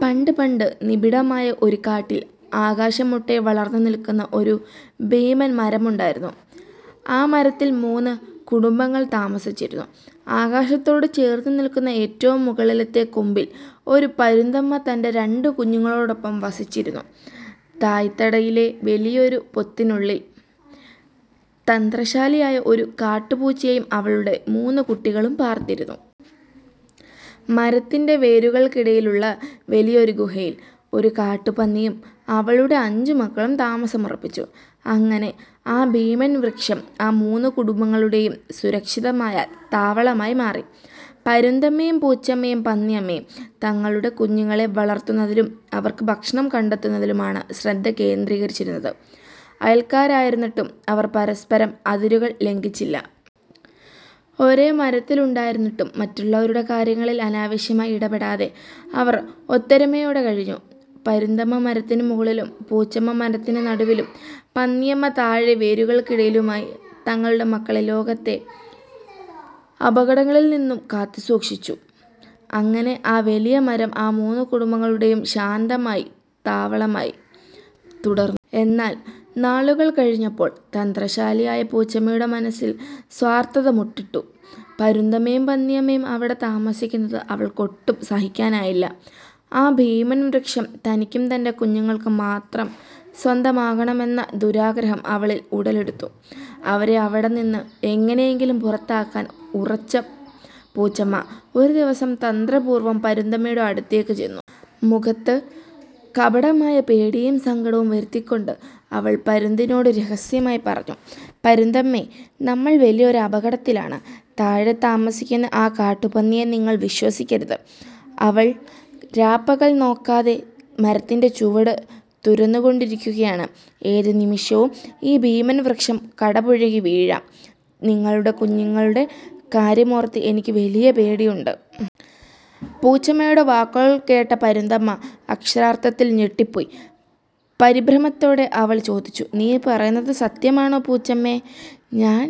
പണ്ട് പണ്ട്, നിബിഡമായ ഒരു കാട്ടിൽ ആകാശം മുട്ടെ വളർന്നു നിൽക്കുന്ന ഒരു ഭീമൻ മരമുണ്ടായിരുന്നു. ആ മരത്തിൽ മൂന്ന് കുടുംബങ്ങൾ താമസിച്ചിരുന്നു. ആകാശത്തോട് ചേർന്നു നിൽക്കുന്ന ഏറ്റവും മുകളിലത്തെ കൊമ്പിൽ, ഒരു പരുന്തമ്മ തന്റെ രണ്ട് കുഞ്ഞുങ്ങളോടൊപ്പം വസിച്ചിരുന്നു. തായ്ത്തടിയിലെ വലിയൊരു പൊത്തിനുള്ളിൽ, തന്ത്രശാലിയായ ഒരു കാട്ടുപൂച്ചയും അവളുടെ മൂന്ന് കുട്ടികളും പാർത്തിരുന്നു. മരത്തിന്റെ വേരുകൾക്കിടയിലുള്ള വലിയൊരു ഗുഹയിൽ, ഒരു കാട്ടുപന്നിയും അവളുടെ അഞ്ച് മക്കളും താമസമുറപ്പിച്ചു. അങ്ങനെ ആ ഭീമൻ വൃക്ഷം ആ മൂന്ന് കുടുംബങ്ങളുടെയും സുരക്ഷിതമായ താവളമായി മാറി. പരുന്തമ്മയും പൂച്ചമ്മയും പന്നിയമ്മയും തങ്ങളുടെ കുഞ്ഞുങ്ങളെ വളർത്തുന്നതിലും അവർക്ക് ഭക്ഷണം കണ്ടെത്തുന്നതിലുമാണ് ശ്രദ്ധ കേന്ദ്രീകരിച്ചത്. അയൽക്കാരായിരുന്നിട്ടും അവർ പരസ്പരം അതിരുകൾ ലംഘിച്ചില്ല. ഒരേ മരത്തിലായിരുന്നിട്ടും മറ്റുള്ളവരുടെ കാര്യങ്ങളിൽ അനാവശ്യമായി ഇടപെടാതെ അവർ ഒത്തൊരുമയോടെ കഴിഞ്ഞു. പരുന്തമ്മ മരത്തിനു മുകളിലും, പൂച്ചമ്മ മരത്തിന് നടുവിലും, പന്നിയമ്മ താഴെ വേരുകൾക്കിടയിലുമായി തങ്ങളുടെ മക്കളെ ലോകത്തെ അപകടങ്ങളിൽ നിന്ന് കാത്തുസൂക്ഷിച്ചു. അങ്ങനെ ആ വലിയ മരം ആ മൂന്ന് കുടുംബങ്ങളുടെയും ശാന്തമായ താവളമായി തുടർന്നു. എന്നാൽ നാളുകൾ കഴിഞ്ഞപ്പോൾ, തന്ത്രശാലിയായ പൂച്ചമ്മയുടെ മനസ്സിൽ സ്വാർത്ഥത മൊട്ടിട്ടു. പരുന്തമ്മയും പന്നിയമ്മയും അവിടെ താമസിക്കുന്നത് അവൾക്ക് ഒട്ടും സഹിക്കാനായില്ല. ആ ഭീമൻ വൃക്ഷം തനിക്കും തന്റെ കുഞ്ഞുങ്ങൾക്കും മാത്രം സ്വന്തമാകണമെന്ന ദുരാഗ്രഹം അവളിൽ ഉടലെടുത്തു. അവരെ അവിടെനിന്നും എങ്ങനെയെങ്കിലും പുറത്താക്കാൻ ഉറച്ച പൂച്ചമ്മ, ഒരു ദിവസം തന്ത്രപൂർവം പരുന്തമ്മയുടെ അടുത്തേക്ക് ചെന്നു. മുഖത്ത് കപടമായ പേടിയും സങ്കടവും വരുത്തിക്കൊണ്ട് അവൾ പരുന്തിനോട് രഹസ്യമായി പറഞ്ഞു: "പരുന്തമ്മേ, നമ്മൾ വലിയൊരു അപകടത്തിലാണ്. താഴെ താമസിക്കുന്ന ആ കാട്ടുപന്നിയെ നിങ്ങൾ വിശ്വസിക്കരുത്. അവൾ രാപകൽ നോക്കാതെ മരത്തിന്റെ ചുവട് തുരന്നുകൊണ്ടിരിക്കുകയാണ്. ഏതു നിമിഷവും ഈ ഭീമൻ വൃക്ഷം കടപുഴകി വീഴാം! നിങ്ങളുടെ കുഞ്ഞുങ്ങളുടെ കാര്യമോർത്ത് എനിക്ക് വലിയ പേടിയുണ്ട്. " പൂച്ചമ്മയുടെ വാക്കുകൾ കേട്ട പരുന്തമ്മ അക്ഷരാർത്ഥത്തിൽ ഞെട്ടിപ്പോയി. പരിഭ്രമത്തോടെ അവൾ ചോദിച്ചു "നീ പറയുന്നത് സത്യമാണോ പൂച്ചമ്മേ? ഞാൻ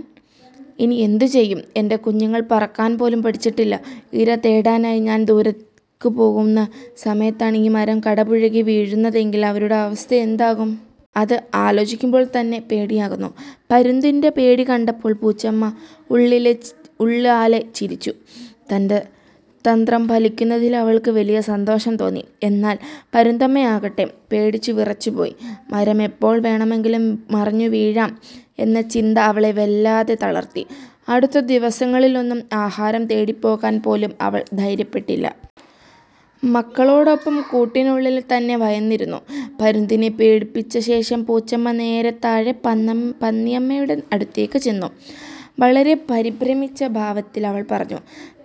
ഇനി എന്ത് ചെയ്യും? എന്റെ കുഞ്ഞുങ്ങൾ പറക്കാൻ പോലും പഠിച്ചിട്ടില്ല. ഇര തേടാനായി ഞാൻ ദൂരേക്ക് പോകുന്ന സമയത്താണ് ഈ മരം കടപുഴകി വീഴുന്നതെങ്കിൽ അവരുടെ അവസ്ഥ എന്താകും? അത് ആലോചിക്കുമ്പോൾ തന്നെ പേടിയാകുന്നു. " പരുന്തിന്റെ പേടി കണ്ടപ്പോൾ പൂച്ചമ്മ ഉള്ളാലെ ചിരിച്ചു. തന്റെ തന്ത്രം ഫലിക്കുന്നതിൽ അവൾക്ക് വലിയ സന്തോഷം തോന്നി. എന്നാൽ പരുന്തമ്മയാകട്ടെ, പേടിച്ച് വിറച്ചുപോയി. മരം എപ്പോൾ വേണമെങ്കിലും മറിഞ്ഞു വീഴാം എന്ന ചിന്ത അവളെ വല്ലാതെ തളർത്തി. അടുത്ത ദിവസങ്ങളിലൊന്നും ആഹാരം തേടിപ്പോകാൻ പോലും അവൾ ധൈര്യപ്പെട്ടില്ല. മക്കളോടൊപ്പം കൂട്ടിനുള്ളിൽ തന്നെ ഭയന്നിരുന്നു. പരുന്തിനെ പേടിപ്പിച്ച ശേഷം പൂച്ചമ്മ നേരെ താഴെ പന്നിയമ്മയുടെ അടുത്തേക്ക് ചെന്നു. വളരെ പരിഭ്രമിച്ച ഭാവത്തിൽ അവൾ പറഞ്ഞു: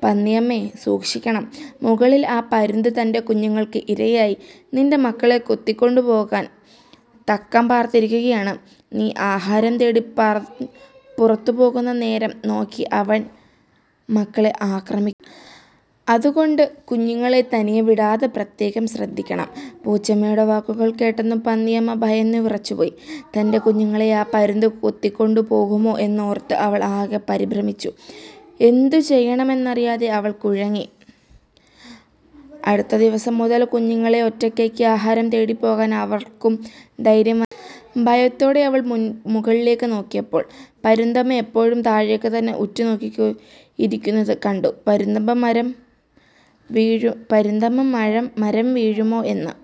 "പന്നിയമ്മേ, സൂക്ഷിക്കണം! മുകളിൽ ആ പരുന്ത് തന്റെ കുഞ്ഞുങ്ങൾക്ക് ഇരയായി നിന്റെ മക്കളെ കൊത്തിക്കൊണ്ടുപോകാൻ തക്കം പാർത്തിരിക്കുകയാണ്. നീ ആഹാരം തേടി പുറത്തുപോകുന്ന നേരം നോക്കി അവൻ മക്കളെ ആക്രമിക്കും. അതുകൊണ്ട് കുഞ്ഞുങ്ങളെ തനിയെ വിടാതെ പ്രത്യേകം ശ്രദ്ധിക്കണം! " പൂച്ചമ്മയുടെ വാക്കുകൾ കേട്ടതും പന്നിയമ്മ ഭയന്നുവിറച്ചുപോയി. തന്റെ കുഞ്ഞുങ്ങളെ ആ പരുന്ത് കൊത്തിക്കൊണ്ടു പോകുമോ എന്നോർത്ത് അവൾ ആകെ പരിഭ്രമിച്ചു. എന്തു ചെയ്യണമെന്നറിയാതെ അവൾ കുഴങ്ങി. അടുത്ത ദിവസം മുതൽ കുഞ്ഞുങ്ങളെ ഒറ്റയ്ക്കാക്കി ആഹാരം തേടിപ്പോകാൻ അവൾക്കും ധൈര്യം വന്നില്ല. ഭയത്തോടെ അവൾ മുകളിലേക്ക് നോക്കിയപ്പോൾ, പരുന്തമ്മ എപ്പോഴും താഴേക്ക് തന്നെ ഉറ്റുനോക്കിയിരിക്കുന്നത് കണ്ടു. പരുന്തമ്മ മരം വീഴുമോ എന്ന്